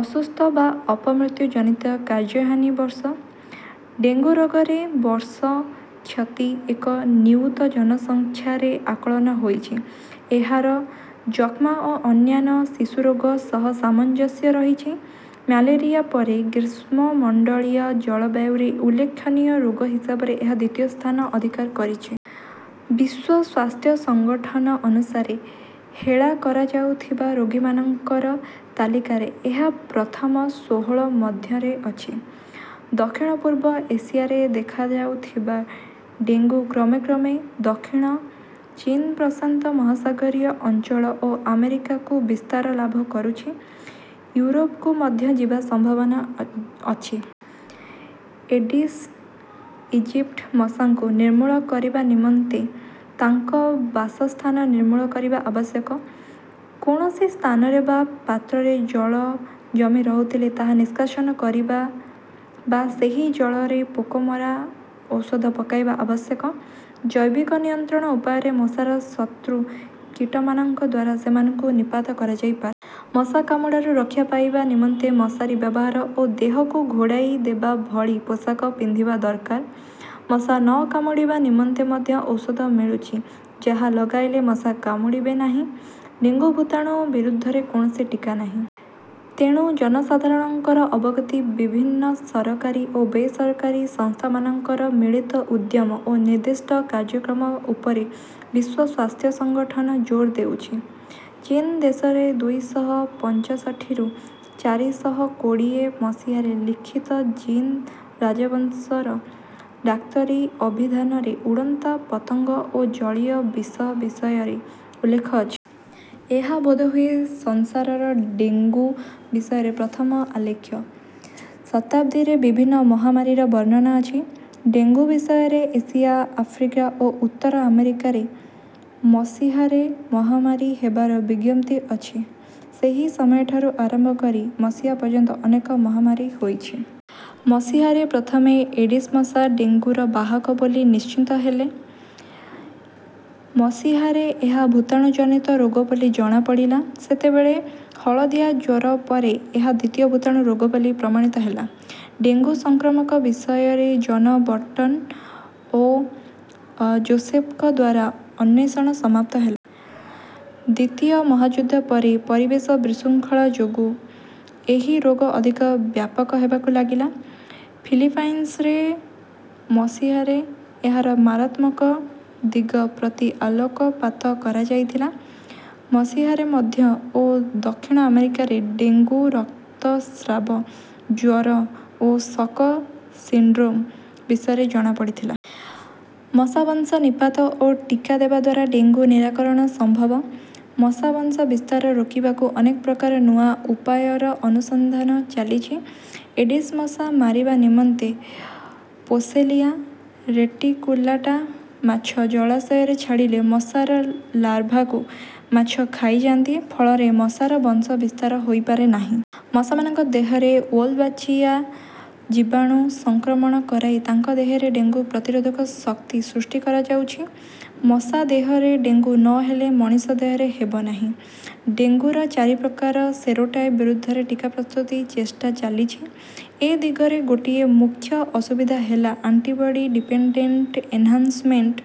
ଅସୁସ୍ଥ ବା ଅପମୃତ୍ୟୁ ଜନିତ କାର୍ଯ୍ୟହାନି ବର୍ଷ। ଡେଙ୍ଗୁ ରୋଗରେ ବର୍ଷ କ୍ଷତି ଏକ ନିୟୁତ ଜନସଂଖ୍ୟାରେ ଆକଳନ ହୋଇଛି। ଏହାର ଯକ୍ଷ୍ମା ଓ ଅନ୍ୟାନ୍ୟ ଶିଶୁରୋଗ ସହ ସାମଞ୍ଜସ୍ୟ ରହିଛି। ମ୍ୟାଲେରିଆ ପରେ ଗ୍ରୀଷ୍ମମଣ୍ଡଳୀୟ ଜଳବାୟୁରେ ଉଲ୍ଲେଖନୀୟ ରୋଗ ହିସାବରେ ଏହା ଦ୍ୱିତୀୟ ସ୍ଥାନ ଅଧିକାର କରିଛି। ବିଶ୍ୱ ସ୍ୱାସ୍ଥ୍ୟ ସଂଗଠନ ଅନୁସାରେ ହେଳା କରାଯାଉଥିବା ରୋଗମାନଙ୍କର ତାଲିକାରେ ଏହା ପ୍ରଥମ ଷୋହଳ ମଧ୍ୟରେ ଅଛି। ଦକ୍ଷିଣ ପୂର୍ବ ଏସିଆରେ ଦେଖାଯାଉଥିବା ଡେଙ୍ଗୁ କ୍ରମେ କ୍ରମେ ଦକ୍ଷିଣ ଚୀନ ପ୍ରଶାନ୍ତ ମହାସାଗରୀୟ ଅଞ୍ଚଳ ଓ ଆମେରିକାକୁ ବିସ୍ତାର ଲାଭ କରୁଛି। ୟୁରୋପକୁ ମଧ୍ୟ ଯିବା ସମ୍ଭାବନା ଅଛି। ଏଡିସ ଇଜିପ୍ଟି ମଶାଙ୍କୁ ନିର୍ମୂଳ କରିବା ନିମନ୍ତେ ତାଙ୍କ ବାସସ୍ଥାନ ନିର୍ମୂଳ କରିବା ଆବଶ୍ୟକ। କୌଣସି ସ୍ଥାନରେ ବା ପାତ୍ରରେ ଜଳ ଜମି ରହୁଥିଲେ ତାହା ନିଷ୍କାସନ କରିବା ବା ସେହି ଜଳରେ ପୋକ ମରା ଔଷଧ ପକାଇବା ଆବଶ୍ୟକ। ଜୈବିକ ନିୟନ୍ତ୍ରଣ ଉପାୟରେ ମଶାର ଶତ୍ରୁ କୀଟମାନଙ୍କ ଦ୍ୱାରା ସେମାନଙ୍କୁ ନିପାତ କରାଯାଇପାରେ। ମଶା କାମୁଡ଼ାରୁ ରକ୍ଷା ପାଇବା ନିମନ୍ତେ ମଶାରୀ ବ୍ୟବହାର ଓ ଦେହକୁ ଘୋଡ଼ାଇ ହେବା ଭଳି ପୋଷାକ ପିନ୍ଧିବା ଦରକାର। ମଶା ନ କାମୁଡ଼ିବା ନିମନ୍ତେ ମଧ୍ୟ ଔଷଧ ମିଳୁଛି ଯାହା ଲଗାଇଲେ ମଶା କାମୁଡ଼ିବେ ନାହିଁ। ଡେଙ୍ଗୁ ଭୂତାଣୁ ବିରୁଦ୍ଧରେ କୌଣସି ଟିକା ନାହିଁ। ତେଣୁ ଜନସାଧାରଣଙ୍କର ଅବଗତି ବିଭିନ୍ନ ସରକାରୀ ଓ ବେସରକାରୀ ସଂସ୍ଥାମାନଙ୍କର ମିଳିତ ଉଦ୍ୟମ ଓ ନିର୍ଦ୍ଦିଷ୍ଟ କାର୍ଯ୍ୟକ୍ରମ ଉପରେ ବିଶ୍ୱ ସ୍ୱାସ୍ଥ୍ୟ ସଂଗଠନ ଜୋର ଦେଉଛି। ଚୀନ ଦେଶରେ ଦୁଇ ଶହ ପଞ୍ଚଷଠିରୁ ଚାରି ଶହ କୋଡ଼ିଏ ମସିହାରେ ଲିଖିତ ଜିନ ରାଜବଂଶର ଡାକ୍ତରୀ ଅଭିଧାନରେ ଉଡ଼ନ୍ତା ପତଙ୍ଗ ଓ ଜଳୀୟ ବିଷ ବିଷୟରେ ଉଲ୍ଲେଖ ଅଛି। ଏହା ବୋଧହୁଏ ସଂସାରର ଡେଙ୍ଗୁ ବିଷୟରେ ପ୍ରଥମ ଆଲେଖ୍ୟ। ଶତାବ୍ଦୀରେ ବିଭିନ୍ନ ମହାମାରୀର ବର୍ଣ୍ଣନା ଅଛି। ଡେଙ୍ଗୁ ବିଷୟରେ ଏସିଆ ଆଫ୍ରିକା ଓ ଉତ୍ତର ଆମେରିକାରେ ମସିହାରେ ମହାମାରୀ ହେବାର ବିଜ୍ଞପ୍ତି ଅଛି। ସେହି ସମୟଠାରୁ ଆରମ୍ଭ କରି ମସିହା ପର୍ଯ୍ୟନ୍ତ ଅନେକ ମହାମାରୀ ହୋଇଛି। ମସିହାରେ ପ୍ରଥମେ ଏଡିସ ମଶା ଡେଙ୍ଗୁର ବାହକ ବୋଲି ନିଶ୍ଚିତ ହେଲେ। ମସିହାରେ ଏହା ଭୂତାଣୁ ଜନିତ ରୋଗ ବୋଲି ଜଣାପଡ଼ିଲା। ସେତେବେଳେ ହଳଦିଆ ଜ୍ୱର ପରେ ଏହା ଦ୍ୱିତୀୟ ଭୂତାଣୁ ରୋଗ ବୋଲି ପ୍ରମାଣିତ ହେଲା। ଡେଙ୍ଗୁ ସଂକ୍ରମଣ ବିଷୟରେ ଜନ ବର୍ଟନ ଓ ଜୋସେଫଙ୍କ ଦ୍ୱାରା ଅନ୍ୱେଷଣ ସମାପ୍ତ ହେଲା। ଦ୍ୱିତୀୟ ମହାଯୁଦ୍ଧ ପରେ ପରିବେଶ ବିଶୃଙ୍ଖଳା ଯୋଗୁଁ ଏହି ରୋଗ ଅଧିକ ବ୍ୟାପକ ହେବାକୁ ଲାଗିଲା। ଫିଲିପାଇନ୍ସରେ ମସିହାରେ ଏହାର ମାରାତ୍ମକ ଦିଗ ପ୍ରତି ଆଲୋକପାତ କରାଯାଇଥିଲା। ମସିହାରେ ମଧ୍ୟ ଓ ଦକ୍ଷିଣ ଆମେରିକାରେ ଡେଙ୍ଗୁ ରକ୍ତସ୍ରାବ ଜ୍ୱର ଓ ସକ ସିଣ୍ଡ୍ରୋମ ବିଷୟରେ ଜଣାପଡ଼ିଥିଲା। ମଶା ବଂଶ ନିପାତ ଓ ଟିକା ଦେବା ଦ୍ୱାରା ଡେଙ୍ଗୁ ନିରାକରଣ ସମ୍ଭବ। ମଶା ବଂଶ ବିସ୍ତାର ରୋକିବାକୁ ଅନେକ ପ୍ରକାର ନୂଆ ଉପାୟର ଅନୁସନ୍ଧାନ ଚାଲିଛି। ଏଡିସ ମଶା ମାରିବା ନିମନ୍ତେ ପୋସେଲିଆ ରେଟିକୁଲାଟା ମାଛ ଜଳାଶୟରେ ଛାଡ଼ିଲେ ମଶାର ଲାର୍ଭାକୁ ମାଛ ଖାଇଯାଆନ୍ତି ଫଳରେ ମଶାର ବଂଶ ବିସ୍ତାର ହୋଇପାରେ ନାହିଁ। ମଶାମାନଙ୍କ ଦେହରେ ୱଲବାଚିଆ ଜୀବାଣୁ ସଂକ୍ରମଣ କରାଇ ତାଙ୍କ ଦେହରେ ଡେଙ୍ଗୁ ପ୍ରତିରୋଧ ଶକ୍ତି ସୃଷ୍ଟି କରାଯାଉଛି। ମଶା ଦେହରେ ଡେଙ୍ଗୁ ନ ହେଲେ ମଣିଷ ଦେହରେ ହେବ ନାହିଁ। ଡେଙ୍ଗୁର ଚାରି ପ୍ରକାର ସେରୋଟାଇପ ବିରୁଦ୍ଧରେ ଟିକା ପ୍ରସ୍ତୁତି ଚେଷ୍ଟା ଚାଲିଛି। ଏ ଦିଗରେ ଗୋଟିଏ ମୁଖ୍ୟ ଅସୁବିଧା ହେଲା ଆଣ୍ଟିବଡ଼ି ଡିପେଣ୍ଡେଣ୍ଟ ଏନହାନସମେଣ୍ଟ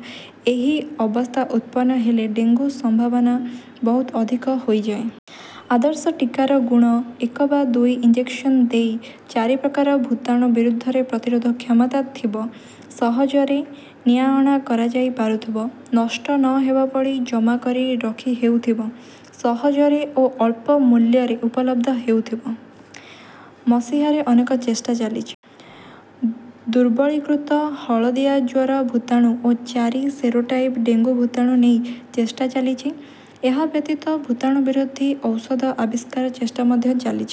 ଏହି ଅବସ୍ଥା ଉତ୍ପନ୍ନ ହେଲେ ଡେଙ୍ଗୁ ସମ୍ଭାବନା ବହୁତ ଅଧିକ ହୋଇଯାଏ। ଆଦର୍ଶ ଟିକାର ଗୁଣ ଏକ ବା ଦୁଇ ଇଞ୍ଜେକସନ ଦେଇ ଚାରି ପ୍ରକାର ଭୂତାଣୁ ବିରୁଦ୍ଧରେ ପ୍ରତିରୋଧ କ୍ଷମତା ଥିବ ସହଜରେ ନିଆଅଣା କରାଯାଇପାରୁଥିବ ନଷ୍ଟ ନ ହେବା ଭଳି ଜମା କରି ରଖିହେଉଥିବ ସହଜରେ ଓ ଅଳ୍ପ ମୂଲ୍ୟରେ ଉପଲବ୍ଧ ହେଉଥିବ। ମସିହାରେ ଅନେକ ଚେଷ୍ଟା ଚାଲିଛି। ଦୁର୍ବଳୀକୃତ ହଳଦିଆ ଜ୍ୱର ଭୂତାଣୁ ଓ ଚାରି ସେରୋଟାଇପ ଡେଙ୍ଗୁ ଭୂତାଣୁ ନେଇ ଚେଷ୍ଟା ଚାଲିଛି। ଏହା ବ୍ୟତୀତ ଭୂତାଣୁ ବିରୋଧୀ ଔଷଧ ଆବିଷ୍କାର ଚେଷ୍ଟା ମଧ୍ୟ ଚାଲିଛି।